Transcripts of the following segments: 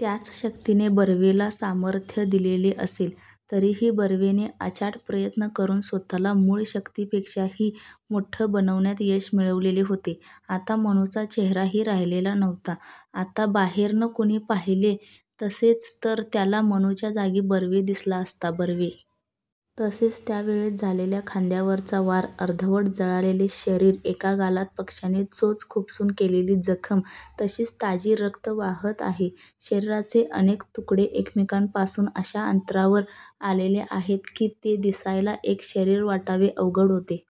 त्याच शक्तीने बर्वेला सामर्थ्य दिलेले असले तरीही बर्वेने अचाट प्रयत्न करून स्वतःला मूळ शक्तीपेक्षाही मोठे बनवण्यात यश मिळवलेले होते. आता मनूचा चेहराही राहिलेला नव्हता, आताबाहेर्न कुणी पाहिले असतेच तर त्याला मनूच्या जागी बर्वे दिसला असता. बर्वे! तसाच त्या वेळेस झालेला खांद्यावरचा वार! अर्धवट जळलेले शरीर एका गालात पक्ष्याने चोच खुपसून केलेली जखम तशीच ताजी रक्त वाहात आहे. शरीराचे अनेक तुकडे एकमेकांपासून अशा अंतरावर आलेले आहेत की ते दिसायला एक शरीर वाटावे उघड होते.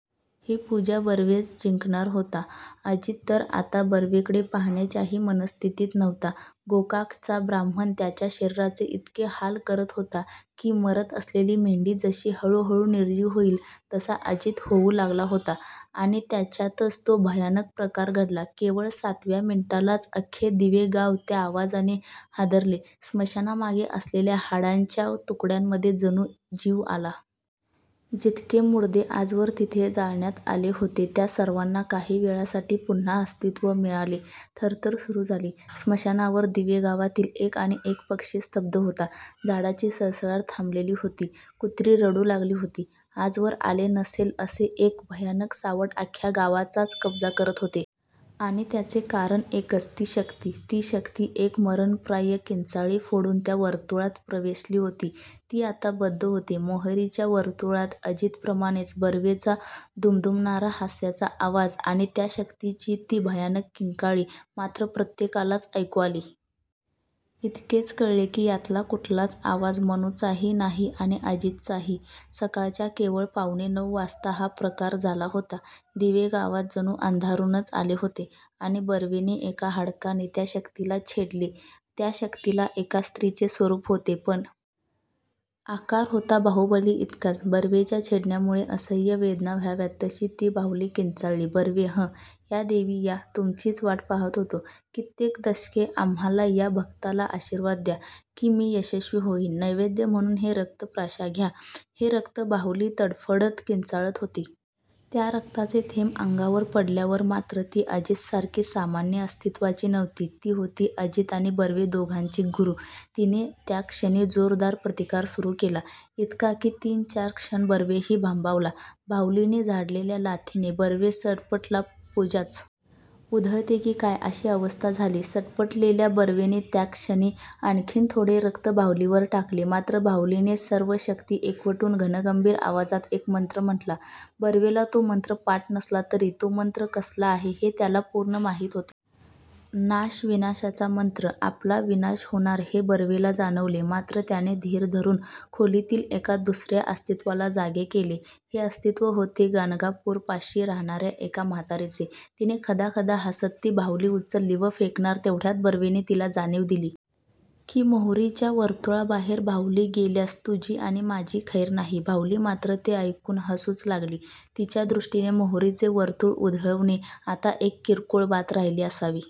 ही पूजा बर्वेच जिंकणार होता. अजित तर आता बर्वेकडे पाहण्याच्याही मनस्थितीत नव्हता गोकाकचा ब्राह्मण त्याच्या शरीराचे इतके हाल करत होता. की मरत असलेली मेंढी जशी हळूहळू निर्जीव होईल तसा अजित होऊ लागला होता. आणि त्यातच तो भयानक प्रकार घडला केवळ सातव्या मिनिटालाच अख्खे दिवे गाव त्या आवाजाने हादरले, स्मशानामागे असलेल्या हाडांच्या तुकड्यांमध्ये जणू जीव आला. जितके मुडदे आजवर तेथे जाळण्यात आले होते. त्या सर्वांना काही वेळासाठी पुन्हा अस्तित्व मिळाले. थरथर सुरू झाली स्मशानावर दिवे गावातील एक आणि एक पक्षी स्तब्ध होता. झाडांची सळसळ थांबलेली होती. कुत्री रडू लागली होती, आजवर आले नसेल, असे एक भयानक सावट अख्ख्या गावाचाच कब्जा करत होते. आणि त्याचे कारण एकच ती शक्ती ती शक्ती एक मरणप्राय किंचाळी फोडून त्या वर्तुळात प्रवेशली होती. ती आता बद्ध होती मोहरीच्या वर्तुळात अजितप्रमाणेच, बर्वेचा दुमदुमणारा हास्याचा आवाज आणि त्या शक्तीची ती भयानक किंकाळी मात्र प्रत्येकालाच ऐकू आली. इतकेच कळले की यातला कुठलाच आवाज मनूचाही नाही आणि अजितचाही! सकाळच्या केवळ पावणे नऊ वाजता हा प्रकार झाला होता. दिवे गावात जणू अंधारूनच आले होते.. आणि बर्वेने एका हाडकाने त्या शक्तीला छेडले त्या शक्तीला एका स्त्रीचे स्वरूप होते.पण आकार होता बाहुलीइतकाच, बर्वेच्या छेडण्यामुळे असह्य वेदना व्हाव्यात तशी ती बाहुली किंचाळली, बर्वे हं! या देवी या तुमचीच वाट पाहात होतो. कित्येक दशके, आम्हाला या भक्ताला आशीर्वाद द्या, की मी यशस्वी होईन. नैवेद्य म्हणून हे रक्त प्राशा घ्या, हे रक्त बाहुली तडफडत किंचाळत होती. त्या रक्ताचे थेंब अंगावर पडल्यावर! मात्र ती अजितसारखी सामान्य अस्तित्वाची नव्हती. ती होती अजित आणि बर्वे दोघांची गुरू! तिने त्याच्क्षणी जोरदार प्रतिकार सुरू केला. इतका, की तीन चार क्षण बर्वेही भांबावला. बाहुलीने झाडलेल्या लाथेने बर्वे सटपटला. पूजाच उधळते की काय अशी अवस्था झाली. सटपटलेल्या बर्वेने त्याच क्षणी आणखीन थोडे रक्त बाहुलीवर टाकले. मात्र बाहुलीने सर्व शक्ती एकवटून घनगंभीर आवाजात एक मंत्र म्हंटला, बर्वेला तो मंत्र पाठ नसला तरी तो मंत्र कसला आहे हे त्याला पूर्ण माहीत होते. नाश! विनाशाचा मंत्र! आपला विनाश होणार हे बर्वेला जाणवले! मात्र त्याने धीर धरून खोलीतील एका दुसर्या अस्तित्वाला जागे केले. ते अस्तित्व होते गाणगापूरपाशी राहणार्या एका म्हातारीचे तिने खदाखदा हासत, ती बाहुली उचलली व फेकणार तेवढ्यात बर्वेने तिला जाणीव दिली. की मोहरीच्या वर्तुळाबाहेर बाहुली गेल्यास तुझी आणि माझी खैर नाही. बाहुली मात्र ते ऐकून हसूच लागली. तिच्या दृष्टीने मोहरीचे वर्तुळ उधळवणे आता एक किरकोळ बात राहिली असावी.